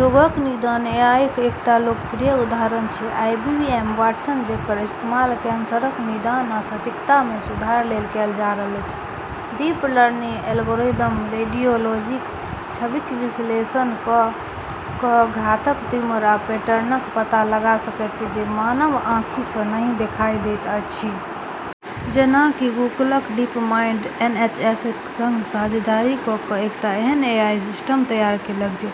रोगक निदान एआईक एकटा लोकप्रिय उदाहरण छै आईबीएमक वाटसन, जेकर इस्तेमाल कैंसरक निदानक सटीकतामे सुधार लेल कएल जा रहल अछि। डीप लर्निंग एल्गोरिदम रेडियोलॉजीक छबिक विश्लेषण कऽ कऽ घातक ट्यूमर आ पैटर्नक पता लगाइ सकैत अछि जे मानव आँखिसँ नहि देखाइ दैत अछि। जेना कि गूगलक डीपमाइंड एनएचएसक संग साझेदारी कऽ कऽ एकटा एहन एआई सिस्टम तैयार केलक जे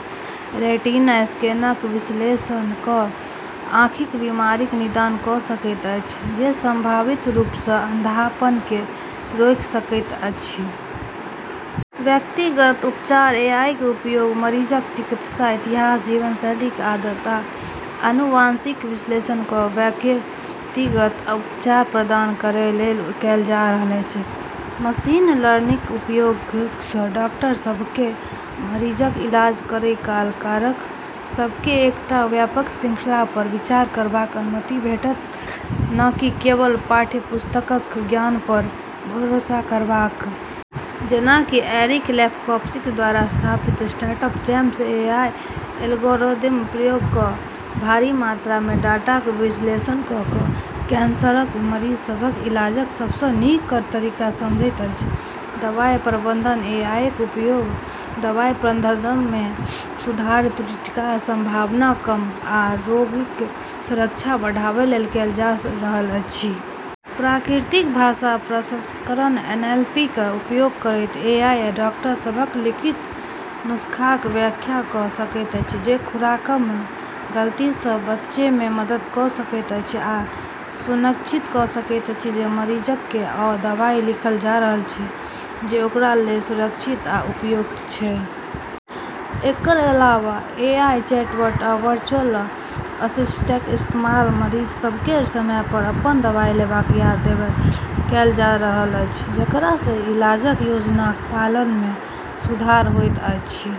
रेटिना स्कैनक विश्लेषण कऽ कऽ आँखिक बीमारीक निदान कऽ सकैत अछि, जे सम्भावित रूपसँ अंधापनकेँ रोकि सकैत अछि। व्यक्तिगत उपचार एआईक उपयोग मरीजक चिकित्सा इतिहास, जीवनशैलीक आदत, आ आनुवंशिकीक विश्लेषण कऽ कऽ व्यक्तिगत उपचार प्रदान करै लेल कएल जा रहल अछि। मशीन लर्निंगक उपयोगसँ डाक्टर सभकेँ मरीजक इलाज करै काल कारक सभक एकटा व्यापक श्रृंखलापर विचार करबाक अनुमति भेटतैक, न कि केवल पाठ्यपुस्तकक ज्ञानपर भरोसा करबाक। जेना कि एरिक लेफकोफ्स्की द्वारा स्थापित स्टार्टअप टेम्पस एआई एल्गोरिदमक प्रयोग कऽ कऽ भारी मात्रामे डाटाक विश्लेषण कऽ कऽ कैंसरक मरीज सभक इलाजक सबसँ नीक तरीका समझैत अछि। दवाइ प्रबंधन एआईक उपयोग दवाइ प्रबंधनमे सुधार, त्रुटिक संभावना कम आ रोगीक सुरक्षा बढ़ाबै लेल कएल जा रहल अछि। प्राकृतिक भाषा प्रसंस्करण एनएलपी क उपयोग करैत, एआई डाक्टर सभक लिखित नुस्खाक व्याख्या कऽ सकैत अछि, जे खुराकमे गलतीसँ बचैमे मदद कऽ सकैत अछि आ ई सुनिश्चित कऽ सकैत अछि जे मरीजकेँ ओ दवाइ लिखल जा रहल छै जे ओकरा लेल सुरक्षित आ उपयुक्त छै। एकर अलावा एआई चैटबॉट आ वर्चुअल असिस्टेंटक इस्तेमाल मरीज सभकेँ समयपर अपन दवाइ लेबाक याद देबै लेल कएल जा रहल अछि, जेकरासँ इलाजक योजनाक पालनमे सुधार होइत अछि।